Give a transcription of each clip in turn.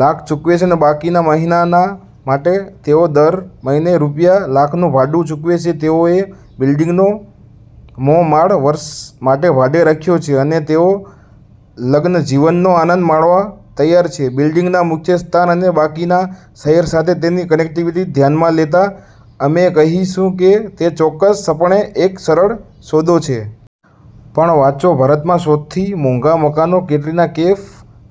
લાખ ચૂકવશે અને બાકીના મહિના માટે તેઓ દર મહિને રૂ. લાખનું ભાડું ચૂકવશે. તેઓએ બિલ્ડીંગનો મો માળ વર્ષ માટે ભાડે રાખ્યો છે અને તેઓ લગ્નજીવનનો આનંદ માણવા તૈયાર છે. બિલ્ડિંગના મુખ્ય સ્થાન અને બાકીના શહેર સાથે તેની કનેક્ટિવિટી ધ્યાનમાં લેતા, અમે કહીશું કે તે ચોક્કસપણે એક સરસ સોદો છે! પણ વાંચોભારતમાં સૌથી મોંઘા મકાનો કેટરિના કૈફ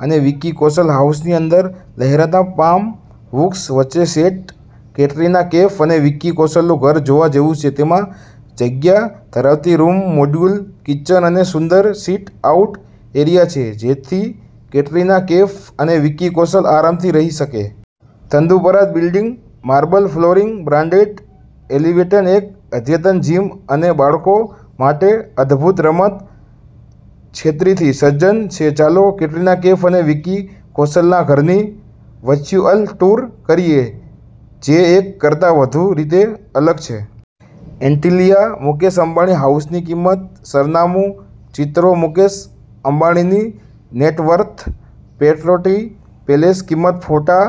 અને વિકી કૌશલ હાઉસની અંદર લહેરાતા પામ વૃક્ષો વચ્ચે સેટ, કેટરિના કૈફ અને વિકી કૌશલનું ઘર જોવા જેવું છે. તેમાં જગ્યા ધરાવતી રૂમ, મોડ્યુલર કિચન અને સુંદર સિટ-આઉટ એરિયા છે જેથી કેટરિના કૈફ અને વિકી કૌશલ આરામથી રહી શકે. તદુપરાંત, building marble flooring, branded elevators, એક અદ્યતન જિમ અને બાળકો માટે અદ્ભુત રમત ક્ષેત્રથી સજ્જ છે. ચાલો કેટરિના કૈફ અને વિકી કૌશલના ઘરની વર્ચ્યુઅલ ટૂર કરીએ, જે એક કરતાં વધુ રીતે અલગ છે. એન્ટિલિયા, મુકેશ અંબાણી હાઉસકિંમત, સરનામું, ચિત્રોમુકેશ અંબાણીની નેટવર્થ, પટૌડી પેલેસકિંમત, ફોટા,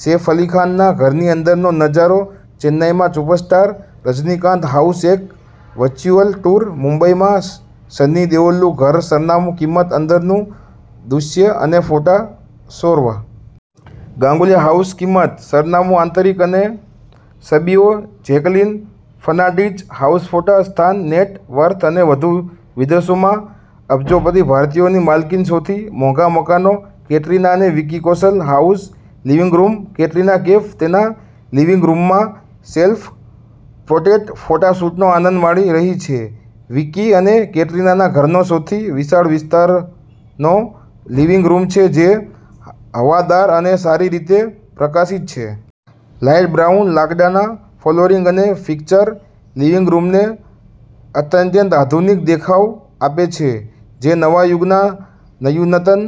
સૈફ અલી ખાનના ઘરની અંદરનો નજારો, ચેન્નાઈમાં સુપરસ્ટાર રજનીકાંત હાઉસએક વર્ચ્યુઅલ ટૂર, મુંબઈમાં સની દેઓલનું ઘરસરનામું, કિંમત, અંદરનું દૃશ્ય અને ફોટા, સૌરવ ગાંગુલી હાઉસકિંમત, સરનામું, આંતરિક અને છબીઓ, જેકલીન ફર્નાન્ડીઝ હાઉસફોટા, સ્થાન, નેટ વર્થ અને વધુ, વિદેશમાં અબજોપતિ ભારતીયોની માલિકીના સૌથી મોંઘા મકાનો, કેટરિના અને Vicky Kaushal house living room Katrina Kaif તેના લિવિંગ રૂમમાં સેલ્ફ-પોટ્રેટ ફોટોશૂટનો આનંદ માણી રહી છે વિકી અને કેટરિનાના ઘરનો સૌથી વિશાળ વિસ્તારતેનો લિવિંગ રૂમ છે, જે હવાદાર અને સારી રીતે પ્રકાશિત છે. લાઈટ બ્રાઉન લાકડાના ફ્લોરિંગ અને ફિક્સર લિવિંગ રૂમને અત્યંત આધુનિક દેખાવ આપે છે, જે નવા યુગના ન્યૂનતમ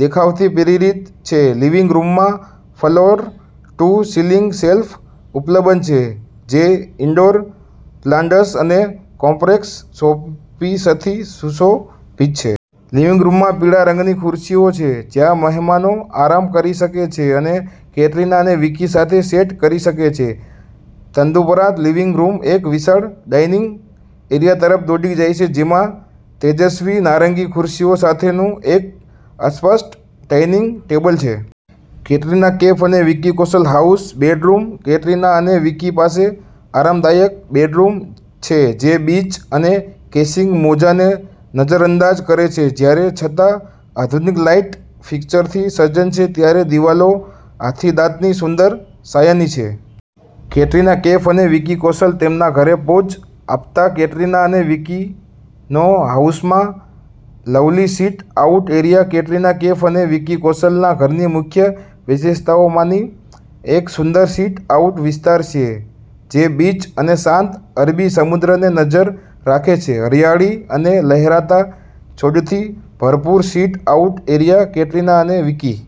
દેખાવથી પ્રેરિત છે. લિવિંગ રૂમમાં ફ્લોર-ટુ-સીલિંગ શેલ્ફ ઉપલબ્ધ છે, જે ઇન્ડોર પ્લાન્ટ્સ અને કોમ્પેક્ટ શોપીસથી સુશોભિત છે. લિવિંગ રૂમમાં પીળા રંગની ખુરશીઓ છે જ્યાં મહેમાનો આરામ કરી શકે છે અને કેટરિના અને વિકી સાથે ચેટ કરી શકે છે. તદુપરાંત, લિવિંગ રૂમ એક વિશાળ ડાઇનિંગ એરિયા તરફ દોરી જાય છે જેમાં તેજસ્વી નારંગી ખુરશીઓ સાથેનું એક અસ્પષ્ટ ડાઇનિંગ ટેબલ છે. કેટરીના કૈફ અને Vicky Kaushal house bedroom Katrina અને વિકી પાસે આરામદાયક બેડરૂમ છે જે બીચ અને ક્રેશિંગ મોજાને નજરઅંદાજ કરે છે. જ્યારે છત આધુનિક લાઇટ ફિક્સરથી સજ્જ છે, ત્યારે દિવાલો હાથીદાંતની સુંદર છાયાની છે. કેટરિના કૈફ અને વિકી કૌશલ તેમના ઘરે પોઝ આપતાં કેટરિના અને વિકીનો હાઉસમાં lovely sit out area Katrina Kaif અને વિકી કૌશલના ઘરની મુખ્ય વિશેષતાઓમાંની એકસુંદર સિટ-આઉટ વિસ્તાર છે જે બીચ અને શાંત અરબી સમુદ્રને નજર રાખે છે. હરિયાળી અને લહેરાતા છોડથી ભરપૂર, સિટ-આઉટ એરિયા કેટરીના અને વિકી